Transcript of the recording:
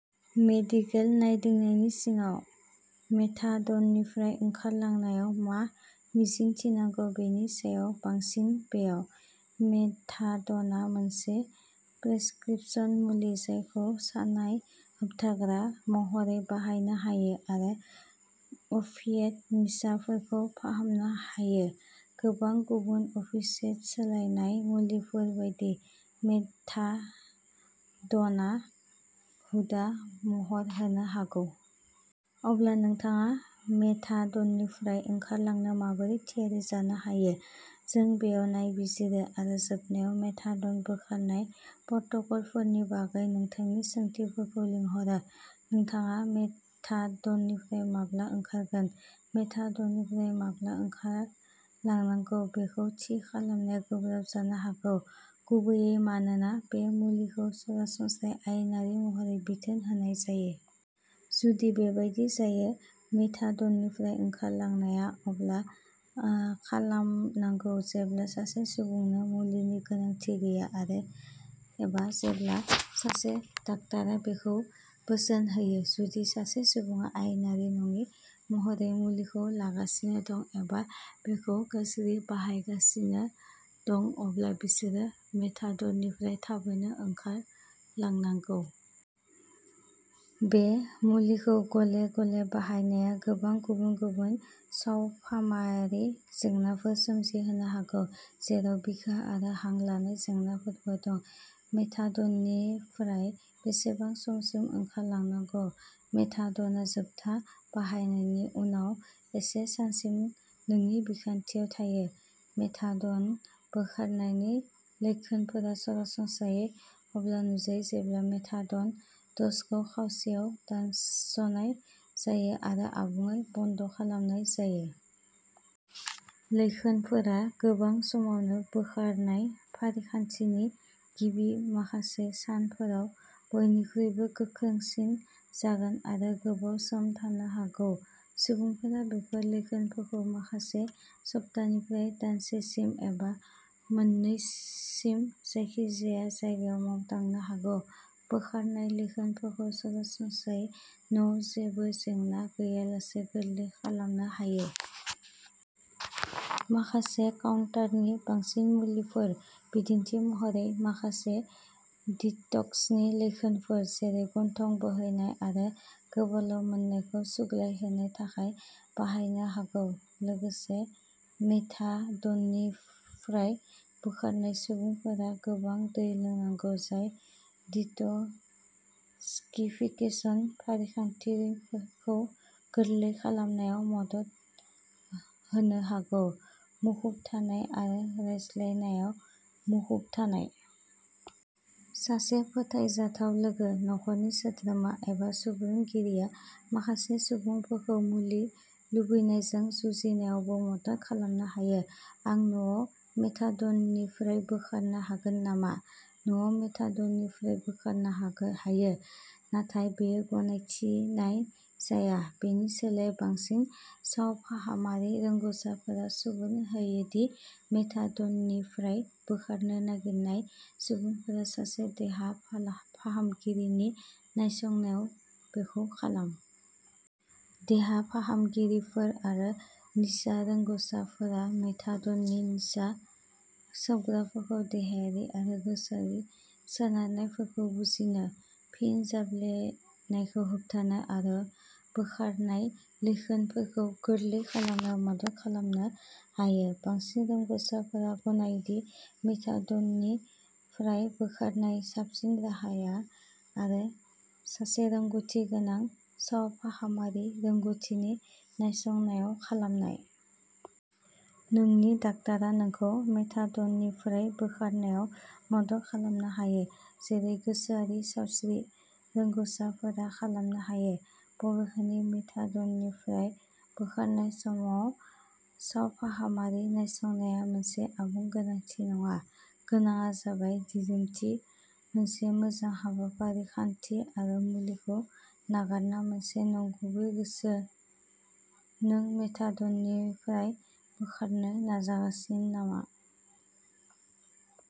Medical नायदिंनायनि सिङाव। मेथाडननिफ्राय ओंखारलांनायाव मा मिजिंथिनांगौ बेनि सायाव बांसिन बेयाव। मेथाडनआ मोनसे प्रेसक्रिप्शन मुलि जायखौ सानाय होबथाग्रा महरै बाहायनो हायो आरो अफिएट निसाफोरखौ फाहामनो हायो। गोबां गुबुन अफिएट सोलायनाय मुलिफोर बायदि, मेथाडनआ हुदा महर होनो हागौ। अब्ला नोंथाङा मेथाडननिफ्राय ओंखारलांनो माबोरै थियारि जानो हायो? जों बेयाव नायबिजिरो, आरो जोबनायाव मेथाडन बोखारनाय प्रट'कलफोरनि बागै नोंथांनि सोंथिफोरखौ लिंहरो। नोंथाङा मेथाडननिफ्राय माब्ला ओंखारगोन? मेथाडननिफ्राय माब्ला ओंखारलांनांगौ बेखौ थि खालामनाया गोब्राब जानो हागौ, गुबैयै मानोना बे मुलिखौ सरासनस्रायै आयेनारि महरै बिथोन होनाय जायो। जुदि बेबादि जायो, मेथाडननिफ्राय ओंखारलांनाया अब्ला आ खालामनांगौ जेब्ला सासे सुबुंनो मुलिनि गोनांथि गैया एबा जेब्ला सासे डाक्टारा बेखौ बोसोन होयो। जुदि सासे सुबुङा आयेनारि नङि महरै मुलिखौ लागासिनो दं एबा बेखौ गाज्रि बाहायगासिनो दं, अब्ला बिसोरो मेथाडननिफ्राय थाबैनो ओंखारलांनांगौ। बे मुलिखौ गले-गले बाहायनाया गोबां गुबुन-गुबुन सावफाहामारि जेंनाफोर सोमजिहोनो हागौ, जेराव बिखा आरो हां लानाय जेंनाफोरबो दं। मेथाडननिफ्राय बेसेबां समसिम ओंखारलांनांगौ? मेथाडनआ जोबथा बाहायनायनि उनाव एसे सानसिम नोंनि बिखानथियाव थायो। मेथाडन बोखारनायनि लैखोनफोरा सरासनस्रायै अब्ला नुजायो जेब्ला मेथाडन द'जखौ खावसेयाव दानस'नाय जायो एबा आबुङै बन्द'खालामनाय जायो। लैखोनफोरा गोबां समावनो बोखारनाय फारिखान्थिनि गिबि माखासे सानफोराव बयनिख्रुइबो गोख्रोंसिन जागोन आरो गोबाव सम थानो हागौ। सुबुंफोरा बेफोर लैखोनफोरखौ माखासे सप्तानिफ्राय दानसेसिम, एबा मोननैसिम जायखिजाया जायगायाव मोनदांनो हागौ। बोखारनाय लैखोनफोरखौ सरासनस्रायै न'आव जेबो जेंना गैयालासे गोरलै खालामनो हायो। माखासे काउन्टार-नि-बांसिन मुलिफोर, बिदिन्थि महरै, माखासे डिटक्सनि लैखोनफोर जेरै गन्थं बोहैनाय आरो गोबाल'मोननायखौ सुग्लायहोनो थाखाय बाहायनो हागौ। लोगोसे, मेथाडननिफ्राय बोखारनाय सुबुंफोरा गोबां दै लोंनांगौ, जाय डिट'क्सिफिकेसन फारिखान्थिखौ गोरलै खालामनायाव मदद होनो हागौ। मुखुब थानाय आरो रायज्लायनायाव मुखुब थानाय। सासे फोथायजाथाव लोगो, नखरनि सोद्रोमा, एबा सुबुरुनगिरिआ माखासे सुबुंफोरखौ मुलि लुबैनायजों जुजिनायावबो मदद खालामनो हायो। आं न'आव मेथाडननिफ्राय बोखारनो हागोन नामा? न'आव मेथाडननिफ्राय बोखारनो हायो, नाथाय बेखौ गनायथिनाय जाया। बेनि सोलायै, बांसिन सावफाहामारि रोंग'साफोरा सुबुरुन होयो दि मेथाडननिफ्राय बोखारनो नागिरनाय सुबुंफोरा सासे देहा फाहामगिरिनि नायसंनायाव बेखौ खालाम। देहा फाहामगिरिफोर आरो निसा रोंग'साफोरा मेथाडन निसा सोबग्राफोरखौ देहायारि आरो गोसोआरि सोनारनायखौ बुजिनो, फिन जाफ्लेनायखौ होबथानो, आरो बोखारनाय लैखोनफोरखौ गोरलै खालामनायाव मदद खालामनो हायो। बांसिन रोंग'साफोरा गनायो दि मेथाडननि फ्राय बोखारनायनि साबसिन राहाया सासे रोंग'थिगोनां सावफाहामारि रोंग'थिनि नायसंनायाव खालामनाय। नोंनि डाक्टारआ नोंखौ मेथाडननिफ्राय बोखारनायाव मदद खालामनो हायो, जेरै गोसोआरि सावस्रि रोंग'साफोरा खालामनो हायो। बबेखानि, मेथाडननिफ्राय बोखारनाय समाव सावफाहामारि नायसंनाया मोनसे आबुं गोनांथि नङा। गोनांआ जाबाय दिदोमथि, मोनसे मोजां हेफाजाबारि खान्थि, आरो बे मुलिखौ नागारनो मोनसे नंगुबै गोसो। नों मेथाडननिफ्राय बोखारनो नाजागासिनो नामा?